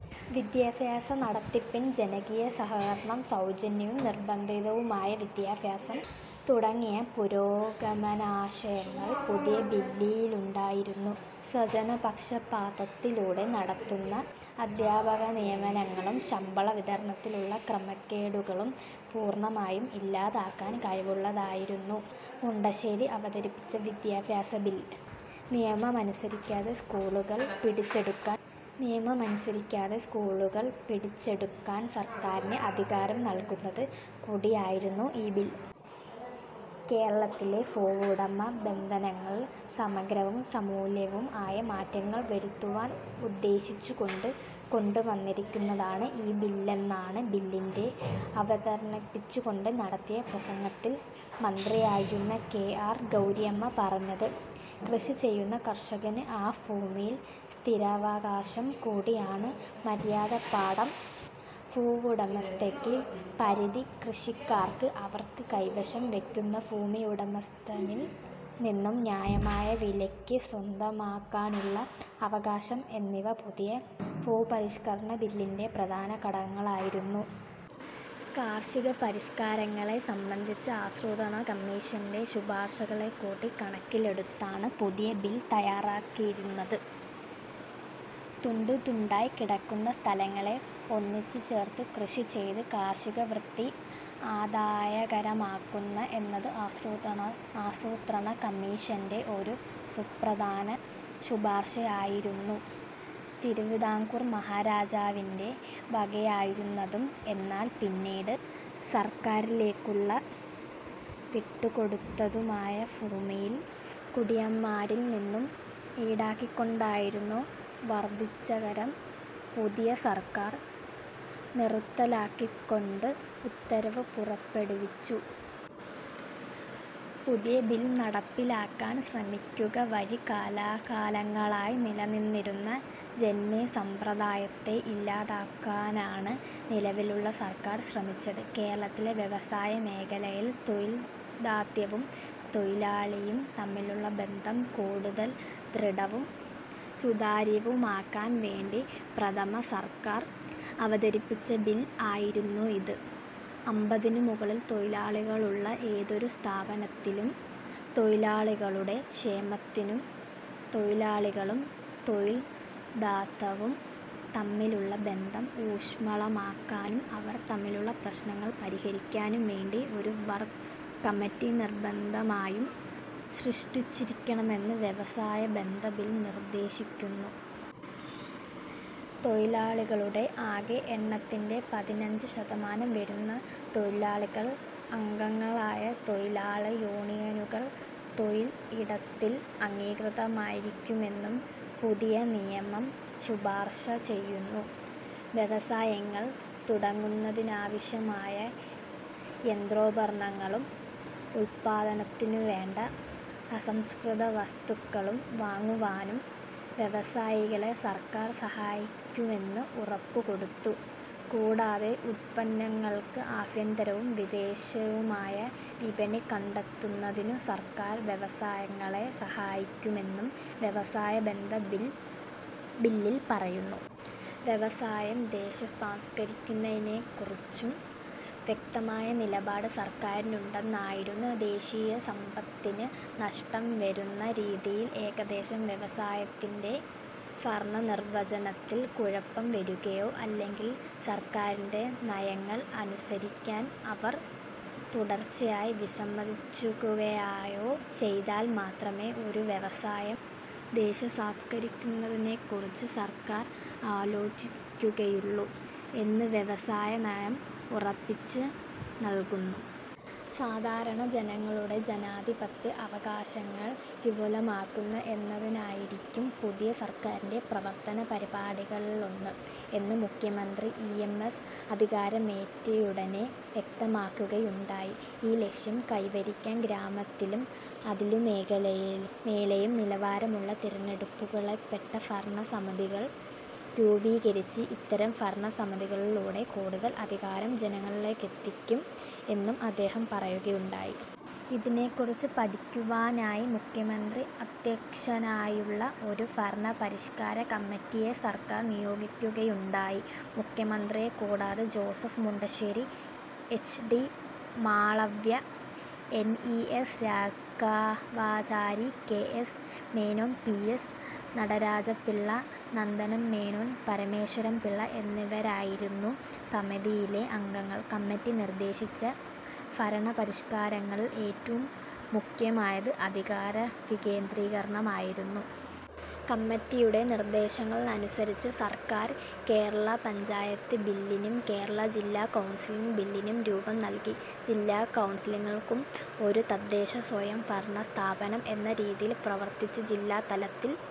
വിദ്യാഭ്യാസ നടത്തിപ്പിൽ ജനകീയ സഹകരണം, സൗജന്യവും നിർബന്ധിതവുമായ വിദ്യാഭ്യാസം തുടങ്ങിയ പുരോഗമനാശയങ്ങൾ പുതിയ ബില്ലിലുണ്ടായിരുന്നു. സ്വജനപക്ഷപാതത്തിലൂടെ നടത്തുന്ന അദ്ധ്യാപകനിയമനങ്ങളും, ശമ്പള വിതരണത്തിലുള്ള ക്രമക്കേടുകളും പൂർണ്ണമായും ഇല്ലാതാക്കാൻ കഴിവുള്ളതായിരുന്നു മുണ്ടശ്ശേരി അവതരിപ്പിച്ച വിദ്യാഭ്യാസ ബിൽ. നിയമമനുസരിക്കാത്ത സ്കൂളുകൾ പിടിച്ചെടുക്കാൻ സർക്കാരിന് അധികാരം നൽകുന്നതു കൂടിയായിരുന്നു ഈ ബിൽ. കേരളത്തിലെ ഭൂവുടമ ബന്ധങ്ങളിൽ സമഗ്രവും, സമൂലവും ആയ മാറ്റങ്ങൾ വരുത്തുവാൻ ഉദ്ദേശിച്ചുകൊണ്ട് കൊണ്ടുവന്നിരിക്കുന്നതാണ് ഈ ബില്ലെന്നാണ് ബില്ലിന്റെ അവതരിപ്പിച്ചുകൊണ്ട് നടത്തിയ പ്രസംഗത്തിൽ മന്ത്രിയായിരുന്ന കെ. ആർ. ഗൗരിയമ്മ പറഞ്ഞത്. കൃഷി ചെയ്യുന്ന കർഷകന് ആ ഭൂമിയിൽ സ്ഥിരാവകാശം, കുടിയാന് മര്യാദപ്പാട്ടം, ഭൂവുടമസ്ഥതയ്ക്ക് പരിധി, കൃഷിക്കാർക്ക് അവർ കൈവശം വയ്ക്കുന്ന ഭൂമി ഉടമസ്ഥനിൽ നിന്നും ന്യായമായ വിലയ്ക്ക് സ്വന്തമാക്കാനുള്ള അവകാശം എന്നിവ പുതിയ ഭൂരിപഷ്കരണബില്ലിന്റെ പ്രധാന ഘടകങ്ങളായിരുന്നു. കാർഷിക പരിഷ്കാരങ്ങളെ സംബന്ധിച്ച് ആസൂത്രണ കമ്മീഷന്റെ ശുപാർശകളെകൂടി കണക്കിലെടുത്താണ് പുതിയ ബിൽ തയ്യാറാക്കിയിരിക്കുന്നത്. തുണ്ടു തുണ്ടായി കിടക്കുന്ന സ്ഥലങ്ങളെ ഒന്നിച്ചുചേർത്ത് കൃഷിചെയ്ത് കർഷകവൃത്തി ആദായകരമാക്കുക എന്നത് ആസൂത്രണ കമ്മീഷന്റെ ഒരു സുപ്രധാന ശുപാർശയായിരുന്നു. തിരുവിതാംകൂർ മഹാരാജാവിന്റെ വകയായിരുന്നതും എന്നാൽ പിന്നീട് സർക്കാരിലേക്കു വിട്ടുകൊടുത്തതുമായ ഭൂമിയിൽ കുടിയാന്മാരിൽ നിന്നും ഈടാക്കിക്കൊണ്ടിരുന്ന വർദ്ധിച്ച കരം പുതിയ സർക്കാർ നിറുത്തലാക്കിക്കൊണ്ട് ഉത്തരവ് പുറപ്പെടുവിച്ചു. പുതിയ ബിൽ നടപ്പിലാക്കാൻ ശ്രമിക്കുക വഴി കാലാകാലങ്ങളായി നിലനിന്നിരുന്ന ജന്മി സമ്പ്രദായത്തെ ഇല്ലാതാക്കാനാണ് നിലവിലുള്ള സർക്കാർ ശ്രമിച്ചത്. കേരളത്തിലെ വ്യവസായമേഖലയിൽ തൊഴിൽ ദാതാവും, തൊഴിലാളിയും തമ്മിലുള്ള ബന്ധം കൂടുതൽ ദൃഢവും, സുതാര്യവും ആക്കാൻ വേണ്ടി പ്രഥമ സർക്കാർ അവതരിപ്പിച്ച ബിൽ ആയിരുന്നു ഇത്. അമ്പതിനു മുകളിൽ തൊഴിലാളികളുള്ള ഏതൊരു സ്ഥാപനത്തിലും, തൊഴിലാളികളുടെ ക്ഷേമത്തിനു, തൊഴിലാളികളും, തൊഴിൽ ദാതാവും തമ്മിലുള്ള ബന്ധം ഊഷ്മളമാക്കാനും, അവർ തമ്മിലുള്ള പ്രശ്നങ്ങൾ പരിഹരിക്കാനും വേണ്ടി ഒരു വർക്സ് കമ്മിറ്റി നിർബന്ധമായും സൃഷ്ടിച്ചിരിക്കണമെന്ന് വ്യവസായ ബന്ധ ബിൽ നിർദ്ദേശിക്കുന്നു. തൊഴിലാളികളുടെ ആകെ എണ്ണത്തിന്റെ പതിനഞ്ച് ശതമാനം വരുന്ന തൊഴിലാളികൾ അംഗങ്ങളായ തൊഴിലാളി യൂണിയനുകൾ തൊഴിൽ ഇടത്തിൽ അംഗീകൃതമായിരിക്കുമെന്ന് പുതിയ നിയമം ശുപാർശ ചെയ്യുന്നു. വ്യവസായങ്ങൾ തുടങ്ങുന്നതിനാവശ്യമായ യന്ത്രോപകരണങ്ങളും, ഉത്പാദനത്തിനുവേണ്ട അസംസ്കൃതവസ്തുക്കളും വാങ്ങുവാനും വ്യവസായികളെ സർക്കാർ സഹായിക്കുന്നമെന്ന് ഉറപ്പുകൊടുത്തു. കൂടാതെ, ഉത്പന്നങ്ങൾക്ക് ആഭ്യന്തരവും, വിദേശീയവുമായ വിപണി കണ്ടെത്തുന്നതിനും സർക്കാർ വ്യവസായികളെ സഹായിക്കുമെന്നും വ്യവസായ ബന്ധ ബില്ലിൽ പറയുന്നു. വ്യവസായം ദേശസാത്കരിക്കുന്നതിനെക്കുറിച്ചും വ്യക്തമായ നിലപാട് സർക്കാരിനുണ്ടായിരുന്നു. ദേശീയ സമ്പത്തിന് നഷ്ടം വരുന്ന രീതിയിൽ ഏതെങ്കിലും വ്യവസായത്തിന്റെ ഭരണനിർവ്വഹണത്തിൽ കുഴപ്പം വരുകയോ, അല്ലെങ്കിൽ സർക്കാരിന്റെ നയങ്ങൾ അനുസരിക്കാൻ അവർ തുടർച്ചയായി വിസമ്മതിക്കുകയോ ചെയ്താൽ മാത്രമേ ഒരു വ്യവസായം ദേശസാത്കരിക്കുന്നതിനെക്കുറിച്ച് സർക്കാർ ആലോചിക്കുകയുള്ളു എന്ന് വ്യവസായ നയം ഉറപ്പു നൽകുന്നു. സാധാരണ ജനങ്ങളുടെ ജനാധിപത്യ അവകാശങ്ങൾ വിപുലമാക്കുക എന്നതായിരിക്കും പുതിയ സർക്കാരിന്റെ പ്രവർത്തന പരിപാടികളിലൊന്ന് എന്ന് മുഖ്യമന്ത്രി ഇ. എം. എസ്സ് അധികാരമേറ്റയുടനെ വ്യക്തമാക്കുകയുണ്ടായി. ഈ ലക്ഷ്യം കൈവരിക്കാൻ ഗ്രാമതലത്തിലും, അതിനുമേലെയും നിലവാരമുള്ള തിരഞ്ഞെടുക്കപ്പെട്ട ഭരണസമിതികൾ രൂപീകരിച്ച്, ഇത്തരം ഭരണസമിതികളിലൂടെ കൂടുതൽ അധികാരം ജനങ്ങളിലേക്കെത്തിക്കും എന്നും അദ്ദേഹം പറയുകയുണ്ടായി. ഇതിനെക്കുറിച്ചു പഠിക്കുവാനായി മുഖ്യമന്ത്രി അദ്ധ്യക്ഷനായുള്ള ഒരു ഭരണപരിഷ്കാര കമ്മിറ്റിയെ സർക്കാർ നിയോഗിക്കുകയുണ്ടായി. മുഖ്യമന്ത്രിയെക്കൂടാതെ Joseph Mundassery, H. D. Malaviya, N. E. S. Raghavachari, K. S. Menon, P. S. Nataraja Pillai, Nandan Menon, Parameswaran Pillai എന്നിവരായിരുന്നു സമിതിയിലെ അംഗങ്ങൾ. കമ്മിറ്റി നിർദ്ദേശിച്ച ഭരണപരിഷ്കാരങ്ങളിൽ ഏറ്റവും മുഖ്യമായത് അധികാര വികേന്ദ്രീകരണം ആയിരുന്നു. കമ്മിറ്റിയുടെ നിർദ്ദേശങ്ങളനുസരിച്ച് സർക്കാർ, കേരള പഞ്ചായത്ത് ബില്ലിനും, കേരള ജില്ലാ കൗൺസിൽ ബില്ലിനും രൂപം നൽകി. ജില്ലാ കൗൺസിലുകൾ ഒരു തദ്ദേശസ്വയം ഭരണ സ്ഥാപനം എന്ന രീതിയിൽ പ്രവർത്തിച്ച് ജില്ലാ തലത്തിൽ